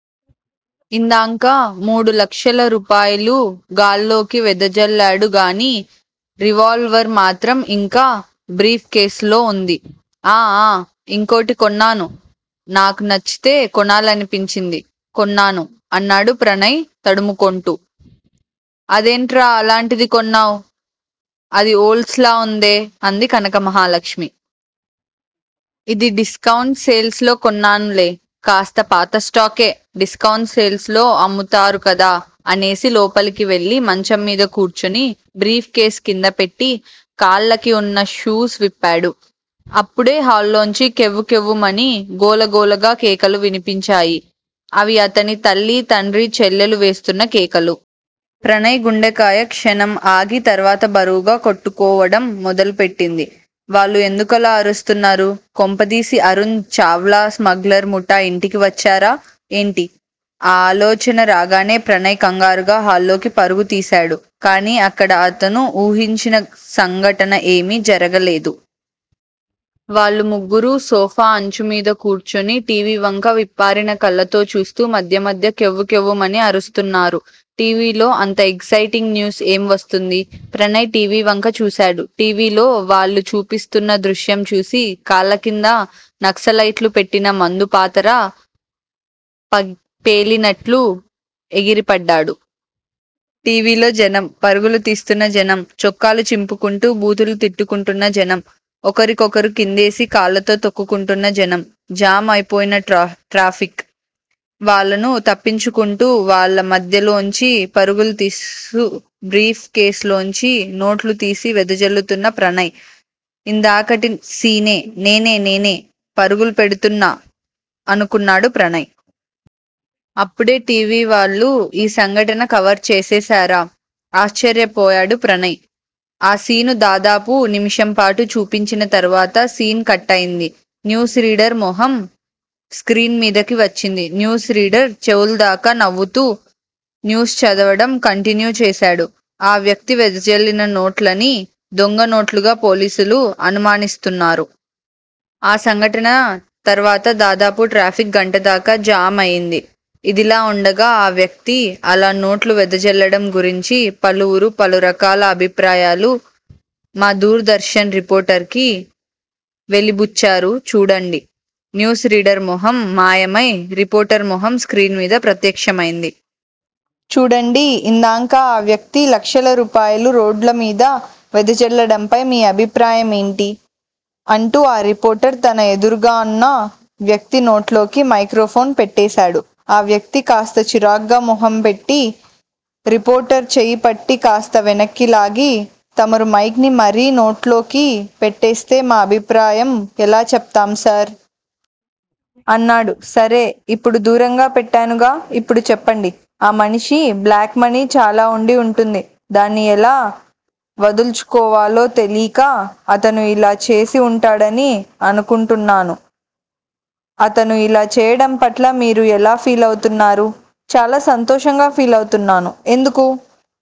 ఇందాక మూడు లక్షల రూపాయలూ గాల్లోకి వెదజల్లాడుగానీ, రివాల్వర్ మాత్రం ఇంకా బ్రీఫ్ కేసు లో వుంది. ఆ ఆ ఇంకోటి కొన్నాను. నాకు నచ్చితే కొనాలనిపించింది. కొన్నాను అన్నాడు ప్రణయ్ తడుముకొంటూ. అదేంట్రా అలాంటిది కొన్నావ్. అది ఓల్డ్స్ లా వుందే! అంది కనకమహాలక్ష్మి. ఇది డిస్కౌంట్ సేల్స్ లో కొన్నానులే. కాస్త పాతస్టాకే డిస్కౌంట్ సేల్స్ లో అమ్ముతారుకదా అనేసి లోపలికి వెళ్ళి మంచం మీద కూర్చుని బ్రీఫ్ కేసు కిందపెట్టి, కాళ్ళకి వున్న షూస్ విప్పాడు. అప్పుడే హాల్లోంచి 'కెవ్వు కెవ్వు'మని గోలగోలగా కేకలు వినిపించాయి. అవి అతని తల్లి, తండ్రి, చెల్లెలు వేస్తున్న కేకలు. ప్రణయ్ గుండెకాయ క్షణం ఆగి తర్వాత బరువుగా కొట్టుకోవడం మొదలుపెట్టింది. వాళ్ళు ఎందుకలా అరుస్తున్నారు? కొంపదీసి అరుణ్ చావ్లా స్మగ్లర్ ముఠా ఇంటికి వచ్చారా ఏంటి? ఆ ఆలోచన రాగానే ప్రణయ్ కంగారుగా హాల్లోకి పరుగుతీశాడు. కానీ అక్కడా అతను వూహించిన సంఘటన ఏమీ జరగలేదు. వాళ్ళు ముగ్గురూ సోఫా అంచుమీద కూర్చుని టీవీవంక విప్పారిన కళ్ళతో చూస్తూ మధ్య మధ్య కెవ్వు కెవ్వుమని అరుస్తున్నారు. టీవీలో అంత ఎక్సయిటింగ్ న్యూస్ ఏం వస్తుంది? ప్రణయ్ టీవీవంక చూశాడు. టీవీలో వాళ్ళు చూపిస్తున్న దృశ్యం చూసి కాళ్ళకింద నక్సలైట్లు పెట్టిన మందుపాతర పేలినట్టు ఎగిరిపడ్డాడు. టి. వి. లో జనం! పరుగులు తీస్తున్న జనం!! చొక్కాలు చింపుకుంటూ బూతులు తిట్టుకుంటున్న జనం!! ఒకరికొకరు కిందేసి కాళ్ళతో తొక్కుకుంటున్న జనం జామ్ అయిపోయిన ట్రాఫిక్. వాళ్ళను తప్పించుకుంటూ, వాళ్ళ మధ్యలోంచి పరుగుతీస్తూ బ్రీఫ్ కేసులోంచి నోట్లుతీసి వెదజల్లుతున్న ప్రణయ్!! ఇందాకటి సీనే నేనే నేనే పరుగులు పెడుతున్నా అనుకున్నాడు ప్రణయ్. అప్పుడే టీవీ వాళ్ళు ఈ సంఘటన కవర్ చేసేశారా? ఆశ్చర్యపోయాడు ప్రణయ్. ఆ శీను దాదాపు నిమిషంపాటు చూపించిన తరువాత సీన్ కట్ అయ్యింది. న్యూస్ రీడర్ మొహం స్క్రీన్ మీదకి వచ్చింది. న్యూస్ రీడర్ చెవుల్దాకా నవ్వుతూ న్యూస్ చదవడం కంటిన్యూ చేశాడు. ఆ వ్యక్తి వెదజల్లిన నోట్లని దొంగ నోట్లుగా పోలీసులు అనుమానిస్తున్నారు. ఆ సంఘటన తర్వాత దాదాపు ట్రాఫిక్ గంటదాకా జామ్ అయ్యింది. ఇదిలా వుండగా ఆ వ్యక్తి అలా నోట్లు వెదజల్లడం గురించి పలువురు పలురకాల అభిప్రాయాలు మా దూరదర్శన్ రిపోర్టర్ కి వెలిబుచ్చారు చూడండి. న్యూస్ రీడర్ మొహం మాయమై రిపోర్టర్ మొహం స్క్రీన్ మీద ప్రత్యక్షమైంది. చూడండీ ఇందాక ఆ వ్యక్తి లక్షల రూపాయలు రోడ్లమీద వెదజల్లడంపై మీ అభిప్రాయం ఏంటి? అంటూ ఆ రిపోర్టర్ తన ఎదురుగావున్న వ్యక్తి నోట్లోకి మైక్రోఫోన్ పెట్టేశాడు. ఆ వ్యక్తి కాస్త చిరాకుగా మొహంపెట్టి రిపోర్టర్ చెయ్యిపట్టి కాస్త వెనక్కిలాగి తమరు మైక్ ని మరీ నోట్లోకి పెట్టేస్తే మా అభిప్రాయం ఎలా చెప్తాంసార్? అన్నాడు. సరే! ఇప్పుడు దూరంగా పెట్టానుగా? ఇప్పుడు చెప్పండి. ఆ మనిషి బ్లాక్ మనీ చాలా వుండి వుంటుంది. దాన్ని ఎలా వదుల్చుకోవాలో తెలీక అతను యిలా చేసి వుంటాడని అనుకుంటున్నాను. అతను ఇలా చెయ్యడంపట్ల మీరు ఎలా ఫీలవుతున్నారు? చాలా సంతోషంగా ఫీలవుతున్నాను. ఎందుకు?